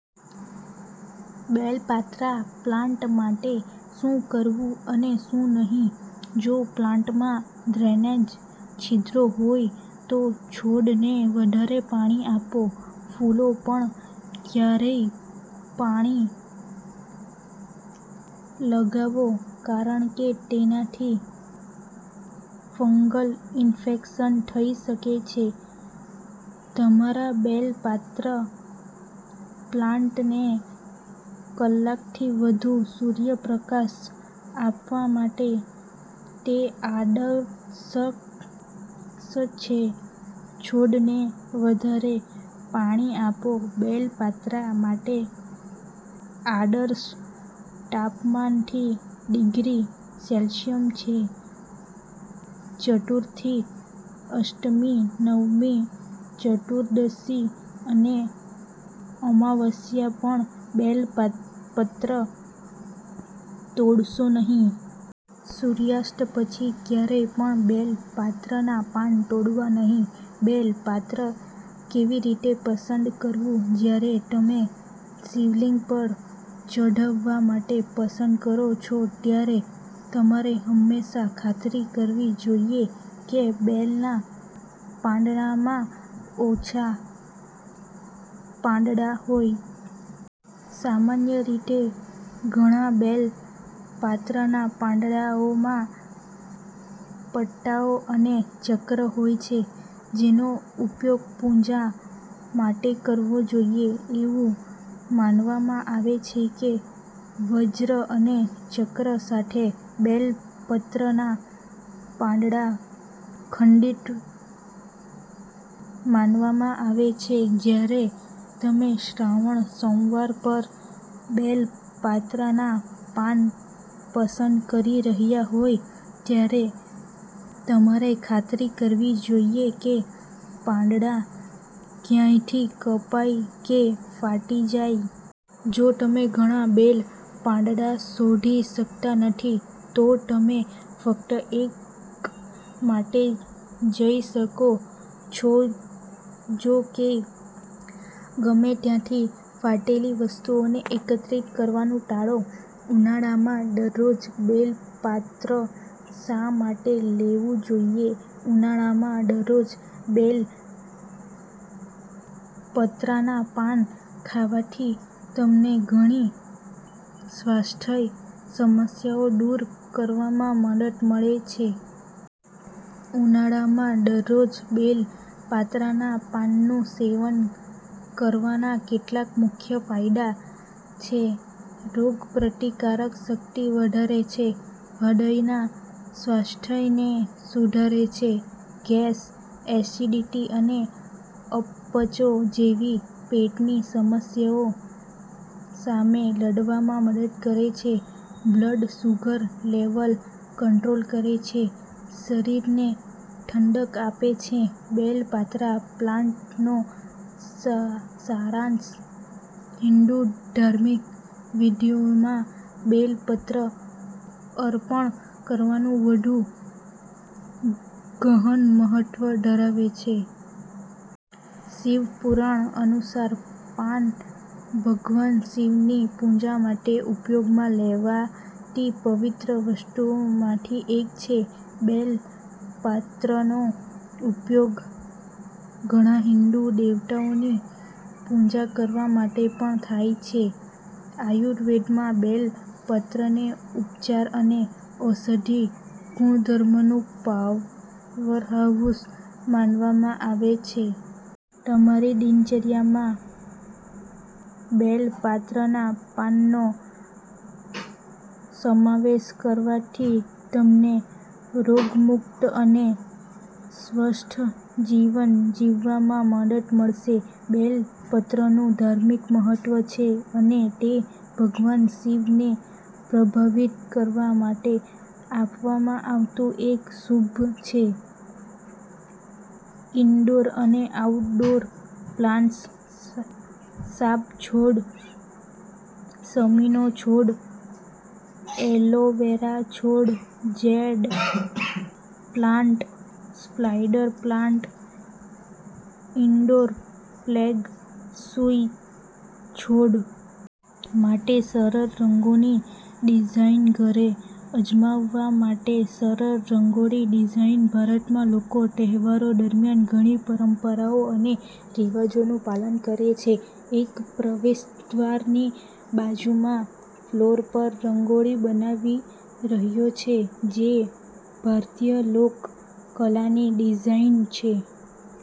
બેલ પાત્રા પ્લાન્ટ માટે શું કરવું અને શું નહીં જો પ્લોટમાં ડ્રેનેજ છિદ્રોહોય તો છોડને વધારે પાણીઆપો. ફૂલો પર ક્યારેય પાણીલગાવો કારણ કે તેનાથી ફંગલ ઇન્ફેક્શન થઈ શકે છે તમારા બેલ પાત્ર પ્લાન્ટને કલાકથી વધુ સૂર્યપ્રકાશ આપવા માટે તે આદર્શ છે છોડને વધારે પાણીઆપો બેલ પાત્રા માટે આદર્શ તાપમાન થી -ડિગ્રી સેલ્સિયસ છે ચતુર્થી, અષ્ટમી, નવમી, ચતુર્દશી અને અમાવસ્યા પર બેલ પત્ર તોડશો નહીં. સૂર્યાસ્ત પછી ક્યારેય પણ બેલ પાત્રના પાન તોડવા નહીં બેલ પાત્ર કેવી રીતે પસંદ કરવું? જ્યારે તમે શિવલિંગ પર ચઢાવવા માટે પસંદ કરો છો ત્યારે તમારે હંમેશા ખાતરી કરવી જોઈએ કે બેલના પાંદડામાં ઓછા પાંદડા હોય. સામાન્ય રીતે, ઘણા બેલ પાત્રના પાંદડાઓમાં પટ્ટાઓ અને ચક્ર હોય છે જેનો ઉપયોગ પૂજા માટેકરવો જોઈએ. એવું માનવામાં આવે છે કે વજ્ર અને ચક્ર સાથે બેલપત્રના પાંદડા ખંડિત માનવામાં આવે છે. જ્યારે તમે શ્રાવણ સોમવાર પર બેલ પાત્રના પાન પસંદ કરી રહ્યા હોવ, ત્યારે તમારે ખાતરી કરવી જોઈએ કે પાંદડા ક્યાંયથી કપાઈ કે ફાટીજાય. જો તમે ઘણા બેલ પાંદડા શોધી શકતા નથી, તો તમે ફક્ત એક માટે જઈ શકો છોજો કે, ગમે ત્યાંથી ફાટેલી વસ્તુઓને એકત્રિત કરવાનું ટાળો. ઉનાળામાં દરરોજ બેલ પાત્ર શા માટે લેવું જોઈએ? ઉનાળામાં દરરોજ બેલ પત્રાના પાન ખાવાથી તમને ઘણી સ્વાસ્થ્ય સમસ્યાઓ દૂર કરવામાં મદદ મળે છે. ઉનાળામાં દરરોજ બેલ પાત્રાના પાનનું સેવન કરવાનાકેટલાક મુખ્ય ફાયદા છેરોગપ્રતિકારક શક્તિ વધારે છે હૃદયના સ્વાસ્થ્યને સુધારે છે ગેસ, એસિડિટી અને અપચો જેવી પેટની સમસ્યાઓ સામે લડવામાં મદદ કરે છે બ્લડ શુગર લેવલ કંટ્રોલ કરે છે શરીરને ઠંડક આપે છે બેલ પાત્રા પ્લાન્ટનો સારાંશ હિંદુ ધાર્મિક વિધિઓમાં બેલ પત્ર અર્પણ કરવાનું વધુ ગહન મહત્વ ધરાવે છે. શિવપુરાણ અનુસાર, પાન ભગવાન શિવની પૂજા માટે ઉપયોગમાં લેવાતીપવિત્ર વસ્તુઓમાંથી એક છે. બેલ પાત્રનો ઉપયોગ ઘણા હિંદુ દેવતાઓની પૂજા કરવા માટે પણ થાય છે. આયુર્વેદમાં, બેલ પાત્રને ઉપચાર અને ઔષધીય ગુણધર્મોનું પાવરહાઉસ માનવામાં આવે છે. તમારી દિનચર્યામાં બેલ પાત્રના પાનનો સમાવેશ કરવાથી તમને રોગમુક્ત અને સ્વસ્થ જીવન જીવવામાં મદદ મળશે. બેલ પત્રનું ધાર્મિક મહત્વ છે અને તે ભગવાન શિવને પ્રભાવિત કરવા માટે આપવામાં આવતું એક શુભ છે. ઇન્ડોર અને આઉટડોર પ્લાન્ટ્સ સાપ છોડ શમીનો છોડ એલોવેરા છોડ jade plant spider plant indoor feng shui છોડ માટે સરળ રંગોળી ડિઝાઇનઘરે અજમાવવા માટે સરળ રંગોળી ડિઝાઇન ભારતમાં, લોકો તહેવારો દરમિયાન ઘણી પરંપરાઓ અને રિવાજોનું પાલન કરે છે. એક પ્રવેશદ્વારની બાજુમાં ફ્લોર પર રંગોળી બનાવી રહ્યો છે, જે ભારતીય લોક કલાની ડિઝાઇન છે.